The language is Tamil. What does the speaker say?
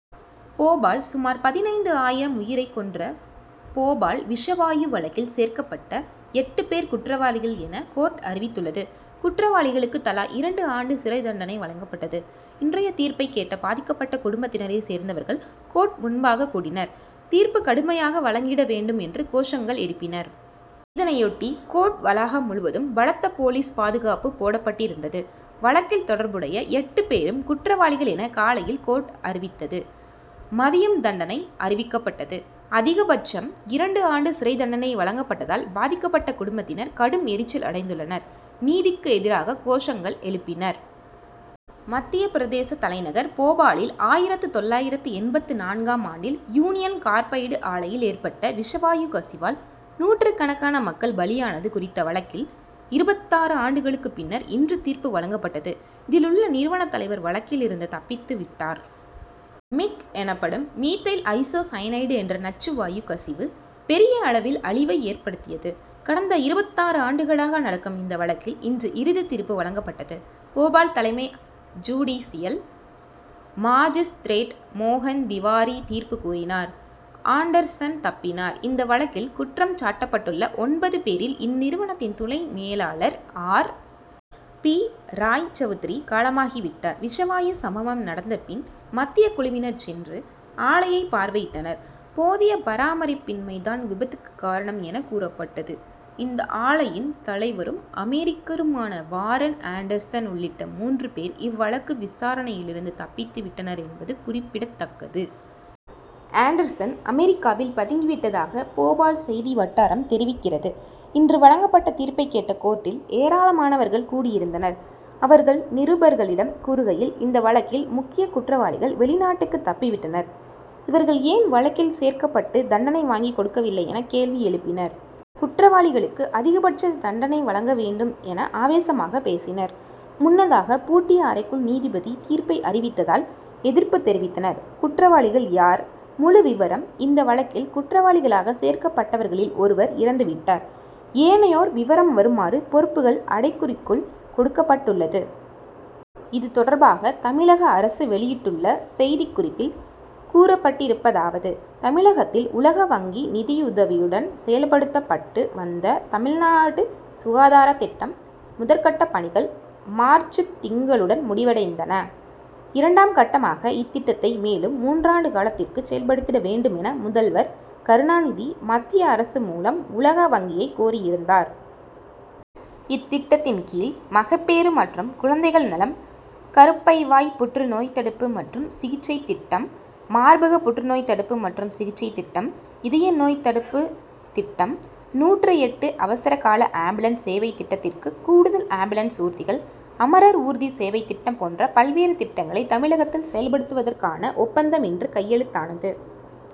போபால் சுமார் பதினைந்து ஆயிரம் உயிரை கொன்ற போபால் விஷ வாயு வழக்கில் சேர்க்கப்பட்ட எட்டு பேர் குற்றவாளிகள் என கோர்ட் அறிவித்துள்ளது. குற்றவாளிகளுக்கு தலா இரண்டு ஆண்டு சிறைத்தண்டனை வழங்கப்பட்டது. இன்றைய தீர்ப்பை கேட்க பாதிக்கப்பட்ட குடும்பத்தினரை சேர்ந்தவர்கள் கோர்ட் முன்பாக கூடினர். தீர்ப்பு கடுமையாக வழங்கிட வேண்டும் என்று கோஷங்கள் எழுப்பினர். இதனையொட்டி கோர்ட் வளாகம் முழுவதும் பலத்த போலீஸ் பாதுகாப்பு போடப்பட்டிருந்தது. வழக்கில் தொடர்புடைய எட்டு பேரும் குற்றவாளிகள் என காலையில் கோர்ட் அறிவித்தது. மதியம் தண்டனை அறிவிக்கப்பட்டது. அதிக பட்சம் இரண்டு ஆண்டு சிறைத்தண்டனை வழங்கப்பட்டதால் பாதிக்கப்பட்ட குடும்பத்தினர் கடும் எரிச்சல் அடைந்துள்ளனர். நீதிக்கு எதிராக கோஷங்கள் எழுப்பினர். மத்திய பிரதேச தலைநகர் போபாலில் ஆயிரத்து தொள்ளாயிரத்தி எண்பத்து நான்காம் ஆண்டில், யூனியன் கார்பைடு ஆலையில் ஏற்பட்ட விஷவாயு கசிவால் நூற்றுக்கணக்கான மக்கள் பலியானது குறித்த வழக்கில் இருபத்தாறு ஆண்டுகளுக்கு பின்னர் இன்று தீர்ப்பு வழங்கப்பட்டது. இதில் உள்ள நிறுவன தலைவர் வழக்கில் இருந்து தப்பித்து விட்டார். மிக் எனப்படும் மீதைல் ஐசோ சைனைடு என்ற நச்சு வாயு கசிவு, பெரிய அளவில் அழிவை ஏற்படுத்தியது. கடந்த இருபத்தாறு ஆண்டுகளாக நடக்கும் இந்த வழக்கில், இன்று இறுதி தீர்ப்பு வழங்கப்பட்டது. போபால் தலைமை ஜுடிசியல் மாஜிஸ்திரேட் மோகன் திவாரி தீர்ப்பு கூறினார். ஆண்டர்சன் தப்பினார் இந்த வழக்கில் குற்றம் சாட்டப்பட்டுள்ள ஒன்பது பேரில், இந்நிறுவனத்தின் துணை மேலாளர் ஆர். பி. ராய் சவுத்ரி காலமாகிவிட்டார். விஷவாயு சம்பவம் நடந்த பின், மத்தியக் குழுவினர் சென்று ஆலையை பார்வையிட்டனர். போதிய பராமரிப்பின்மை தான் விபத்துக்கு காரணம் என கூறப்பட்டது. இந்த ஆலையின் தலைவரும், அமெரிக்கருமான வாரன் ஆண்டர்சன் உள்ளிட்ட மூன்று பேர், இவ்வழக்கு விசாரணையிலிருந்து தப்பித்து விட்டனர் என்பது குறிப்பிடத்தக்கது. ஆண்டர்சன் அமெரிக்காவில் பதுங்கி விட்டதாக போபால் செய்தி வட்டாரம் தெரிவிக்கிறது. இன்று வழங்கப்பட்ட தீர்பை கேட்ட கோர்ட்டில் ஏராளமனவர்கள் கூடியிருந்தனர். அவர்கள் நிருபர்களிடம் கூறுகையில் இந்த வழக்கில் முக்கிய குற்றவாளிகள் வெளிநாட்டுக்கு தப்பி விட்டனர். இவர்கள் ஏன் வழக்கில் சேர்க்கப்பட்டு தண்டனை வாங்கி கொடுக்கவில்லை என கேள்வி எழுப்பினர். குற்றவாளிகளுக்கு அதிப்பட்ச தண்டனை வழங்க வேண்டும் என ஆவேசமாக பேசினர். முன்னதாக பூட்டிய அறைக்குள் நீதிபதி தீர்ப்பை அறிவித்ததால் எதிர்ப்பு தெரிவித்தனர். குற்றவாளிகள் யார்? முழு விவரம் இந்த வழக்கில் குற்றவாளிகளாக சேர்க்கப்பட்டவர்களில் ஒருவர் இறந்து விட்டார். ஏனையோர் விவரம் வருமாறு பொறுப்புகள் அடைகுறிக்குள் கொடுக்கப்பட்டுள்ளது. இது தொடர்பாக தமிழக அரசு வெளியிட்டுள்ள செய்திக்குறிப்பில் கூறப்பட்டிருப்பதாவது தமிழகத்தில் உலக வங்கி நிதியுதவியுடன் செயல்படுத்தப்பட்டு வந்த, தமிழ்நாடு சுகாதாரத் திட்டம் முதற்கட்டப் பணிகள் மார்ச்சுத் திங்களுடன் முடிவடைந்தன. இரண்டாம் கட்டமாக இத்திட்டத்தை மேலும் மூன்றாண்டு காலத்திற்குச் செயல்படுத்திட வேண்டுமென முதவர் கருணாநிதி மத்திய அரசு மூலம் உலக வங்கியைக் கோரியிருந்தார். இத்திட்டத்தின்கீழ், மகப்பேறு மற்றும் குழந்தைகள் நலம், கருப்பைவாய்ப் புற்று நோய்த்தடுப்பு மற்றும் சிகிச்சைத் திட்டம், மார்பகப் புற்றுநோய்த் தடுப்பு மற்றும் சிகிச்சைத் திட்டம், இதய நோய்த் தடுப்புத் திட்டம், நூற்று எட்டு அவசரகால ஆம்புலன்ஸ் சேவைத்திட்டத்திற்குக் கூடுதல் ஆம்புலன்ஸ் ஊர்திகள், அமரர் ஊர்தி சேவைத்திட்டம் போன்ற பல்வேறு திட்டங்களைத் தமிழகத்தில் செயல்படுத்துவதற்கான ஒப்பந்தம் இன்று கையெழுத்தானது.